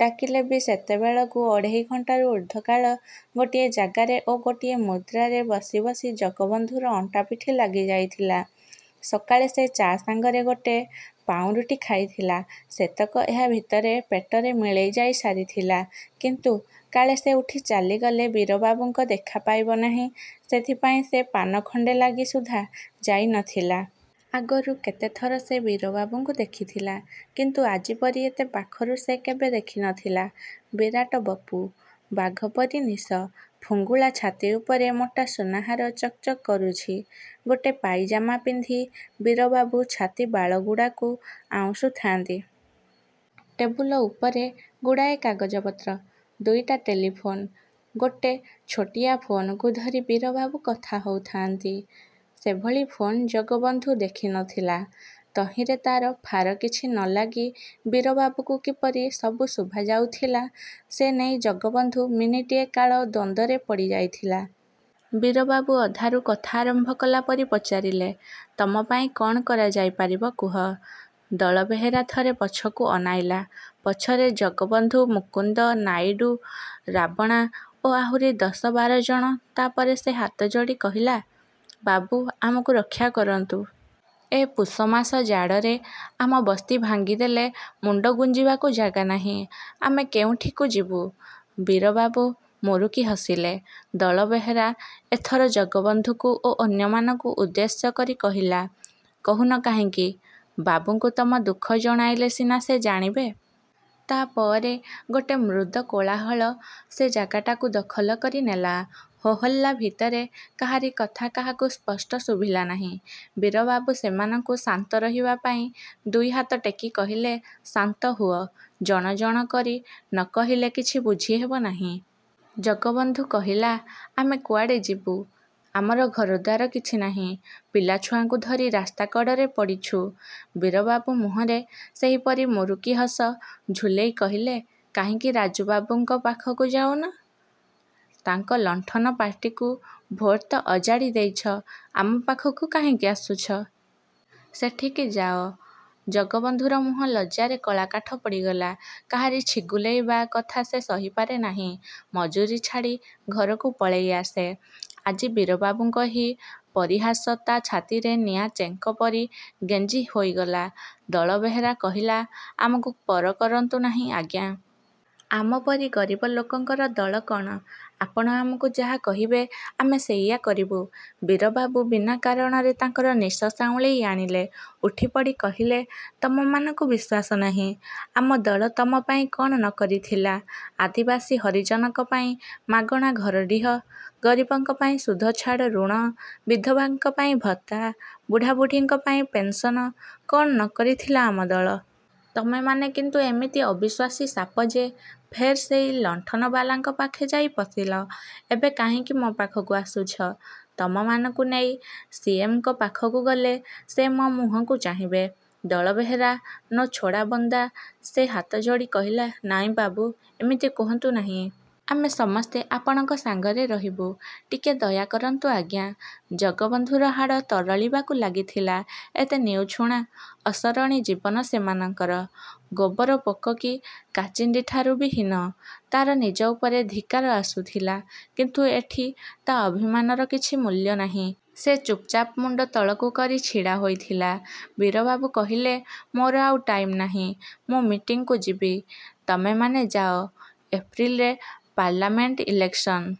ଡାକିଲେ ବି, ସେତେବେଳକୁ ଅଢ଼େଇ ଘଣ୍ଟାରୁ ଊର୍ଦ୍ଧ୍ୱ କାଳ ଗୋଟିଏ ଜାଗାରେ ଓ ଗୋଟିଏ ମୁଦ୍ରାରେ ବସି ବସି ଜଗବନ୍ଧୁର ଅଣ୍ଟାପିଠି ଲାଗିଯାଇଥିଲା। ସକାଳେ ସେ ଚା' ସାଙ୍ଗରେ ଗୋଟେ ପାଉଁରୁଟି ଖାଇଥିଲା। ସେତକ ଏହା ଭିତରେ ପେଟରେ ମିଳେଇ ଯାଇସାରିଥିଲା। କିନ୍ତୁ କାଳେ ସେ ଉଠି ଚାଲିଗଲେ ବୀରବାବୁଙ୍କ ଦେଖା ପାଇବ ନାହିଁ, ସେଥିପାଇଁ ସେ ପାନ ଖଣ୍ଡେ ଲାଗି ସୁଦ୍ଧା ଯାଇ ନଥିଲା। ଆଗରୁ କେତେଥର ସେ ବୀରବାବୁଙ୍କୁ ଦେଖିଥିଲା। କିନ୍ତୁ ଆଜି ପରି ଏତେ ପାଖରୁ ସେ କେବେ ଦେଖି ନଥିଲା। ବିରାଟ ବପୁ, ବାଘ ପରି ନିଶ। ଫୁଙ୍ଗୁଳା ଛାତି ଉପରେ ମୋଟା ସୁନାହାର ଚକ୍ ଚକ୍ କରୁଛି। ଗୋଟେ ପାଇଜାମା ପିନ୍ଧି ବୀରବାବୁ ଛାତିବାଳଗୁଡ଼ାକୁ ଆଉଁଶୁଥାନ୍ତି। ଟେବୁଲ ଉପରେ ଗୁଡ଼ାଏ କାଗଜପତ୍ର। ଦୁଇଟା ଟେଲିଫୋନ୍। ଗୋଟେ ଛୋଟିଆ ଫୋନ୍‌କୁ ଧରି ବୀରବାବୁ କଥା ହଉଥାଆନ୍ତି। ସେଭଳି ଫୋନ୍ ଜଗବନ୍ଧୁ ଦେଖି ନ ଥିଲା। ତହିଁରେ ତାର ଫାର କିଛି ନଲାଗି ବୀରବାବୁକୁ କିପରି ସବୁ ଶୁଭାଯାଉଥିଲା, ସେ ନେଇ ଜଗବନ୍ଧୁ ମିନିଟିଏ କାଳ ଦ୍ୱନ୍ଦ୍ୱରେ ପଡ଼ିଯାଇଥିଲା। ବୀରବାବୁ ଅଧାରୁ କଥା ଆରମ୍ଭ କଲା ପରି ପଚାରିଲେ, "ତମ ପାଇଁ କଣ କରାଯାଇପାରିବ କୁହ?" ଦଳବେହେରା ଥରେ ପଛକୁ ଅନେଇଲା। ପଛରେ ଜଗବନ୍ଧୁ, ମୁକୁନ୍ଦ, ନାଇଡୁ, ରାବଣା ଓ ଆହୁରି ଦଶ ବାର ଜଣ। ତାପରେ ସେ ହାତଯୋଡ଼ି କହିଲା, "ବାବୁ, ଆମକୁ ରକ୍ଷା କରନ୍ତୁ। ଏ ପୁଷମାସ ଜାଡ଼ରେ ଆମ ବସ୍ତି ଭାଙ୍ଗିଦେଲେ। ମୁଣ୍ଡ ଗୁଂଜିବାକୁ ଜାଗା ନାହିଁ। ଆମେ କୋଉଠିକୁ ଯିବୁ?" ବୀରବାବୁ ମୁରୁକି ହସିଲେ। ଦଳବେହେରା ଏଥର ଜଗବନ୍ଧୁକୁ ଓ ଅନ୍ୟମାନଙ୍କୁ ଉଦ୍ଦେଶ୍ୟ କରି କହିଲା, "କହୁନ କାହିଁକି? ବାବୁଙ୍କୁ ତମ ଦୁଃଖ ଜଣାଇଲେ ସିନା ସେ ଜାଣିବେ।" ତାପରେ ଗୋଟେ ମୃଦୁ କୋଳାହଳ ସେ ଜାଗାଟାକୁ ଦଖଲ କରି ନେଲା। ହୋ ହଲ୍ଲା ଭିତରେ କାହାରି କଥା କାହାକୁ ସ୍ପଷ୍ଟ ଶୁଭିଲା ନାହିଁ। ବୀରବାବୁ ସେମାନଙ୍କୁ ଶାନ୍ତ ରହିବା ପାଇଁ ଦୁଇହାତ ଟେକି କହିଲେ, "ଶାନ୍ତ ହୁଅ। ଜଣ ଜଣ କରି ନ କହିଲେ କିଛି ବୁଝିହେବ ନାହିଁ।" ଜଗବନ୍ଧୁ କହିଲା, "ଆମେ କୁଆଡ଼େ ଯିବୁ? ଆମର ଘରଦ୍ୱାର କିଛି ନାହିଁ। ପିଲାଛୁଆଙ୍କୁ ଧରି ରାସ୍ତାକଡ଼ରେ ପଡ଼ିଛୁ।" ବୀରବାବୁ ମୁହଁରେ ସେହିପରି ମୁରୁକି ହସ ଝୁଲେଇ କହିଲେ, "କାହିଁକି ରାଜୁବାବୁଙ୍କ ପାଖକୁ ଯାଉନ? ତାଙ୍କ ଲଣ୍ଠନ ପାର୍ଟିକୁ ଭୋଟ୍ ତ ଅଜାଡ଼ି ଦେଇଛ, ଆମ ପାଖକୁ କାହିଁକି ଆସୁଛ? ସେଠିକି ଯାଅ।" ଜଗବନ୍ଧୁର ମୁହଁ ଲଜ୍ଜାରେ କଳାକାଠ ପଡ଼ିଗଲା। କାହାରି ଛିଗୁଲେଇବା କଥା ସେ ସହିପାରେ ନାହିଁ, ମଜୁରି ଛାଡ଼ି ଘରକୁ ପଳେଇ ଆସେ। ଆଜି ବୀରବାବୁଙ୍କ ଏହି ପରିହାସ ତା ଛାତିରେ ନିଆଁଚେଙ୍କ ପରି ଗେଂଜି ହୋଇଗଲା। ଦଳବେହେରା କହିଲା, "ଆମକୁ ପର କରନ୍ତୁ ନାହିଁ, ଆଜ୍ଞା। ଆମ ପରି ଗରିବ ଲୋକଙ୍କର ଦଳ କଣ? ଆପଣ ଆମକୁ ଯାହା କହିବେ, ଆମେ ସେଇଆ କରିବୁ।" ବୀରବାବୁ ବିନା କାରଣରେ ତାଙ୍କର ନିଶ ସାଉଁଳେଇ ଆଣିଲେ। ଉଠିପଡ଼ି କହିଲେ, "ତମମାନଙ୍କୁ ବିଶ୍ୱାସ ନାହିଁ। ଆମ ଦଳ ତମ ପାଇଁ କଣ ନ କରିଥିଲା! ଆଦିବାସୀ ହରିଜନଙ୍କ ପାଇଁ ମାଗଣା ଘର ଡିହ, ଗରିବଙ୍କ ପାଇଁ ସୁଧଛାଡ଼ ଋଣ, ବିଧବାଙ୍କ ପାଇଁ ଭତ୍ତା, ବୁଢ଼ାବୁଢ଼ୀଙ୍କ ପାଇଁ ପେନ୍ସନ୍ କଣ ନ କରିଥିଲା ଆମ ଦଳ? ତମେମାନେ କିନ୍ତୁ ଏମିତି ଅବିଶ୍ୱାସୀ ସାପ ଯେ, ଫେର୍ ସେଇ ଲଣ୍ଠନବାଲାଙ୍କ ପାଖେ ଯାଇ ପଶିଲ। ଏବେ କାହିଁକି ମୋ ପାଖକୁ ଆସିଛ? ତମମାନଙ୍କୁ ନେଇ ସିଏମ୍‌ଙ୍କ ପାଖକୁ ଗଲେ ସେ ମୋ ମୁହଁକୁ ଚାହିଁବେ?" ଦଳବେହେରା ନଛୋଡ଼ାବନ୍ଦା। ସେ ହାତଯୋଡ଼ି କହିଲା, "ନାଇଁ ବାବୁ, ଏମିତି କୁହନ୍ତୁ ନାହିଁ। ଆମେ ସମସ୍ତେ ଆପଣଙ୍କ ସାଙ୍ଗରେ ରହିବୁ। ଟିକେ ଦୟା କରନ୍ତୁ ଆଜ୍ଞା।" ଜଗବନ୍ଧୁର ହାଡ଼ ତରଳିବାକୁ ଲାଗିଥିଲା। ଏତେ ନିଉଛୁଣା, ଅସରଣି ଜୀବନ ସେମାନଙ୍କର! ଗୋବର ପୋକ କି କାଚିଣ୍ଡିଠାରୁ ବି ହୀନ। ତାର ନିଜ ଉପରେ ଧିକ୍କାର ଆସୁଥିଲା। କିନ୍ତୁ ଏଠି ତା ଅଭିମାନର କିଛି ମୂଲ୍ୟ ନାହିଁ। ସେ ଚୁପ୍‌ଚାପ୍ ମୁଣ୍ଡ ତଳକୁ କରି ଛିଡ଼ା ହୋଇଥିଲା। ବୀରବାବୁ କହିଲେ, "ମୋର ଆଉ ଟାଇମ୍ ନାହିଁ। ମୁଁ ମିଟିଂକୁ ଯିବି। ତମେମାନେ ଯାଅ। ଏପ୍ରିଲରେ ପାର୍ଲାମେଣ୍ଟ ଇଲେକ୍ସନ୍।"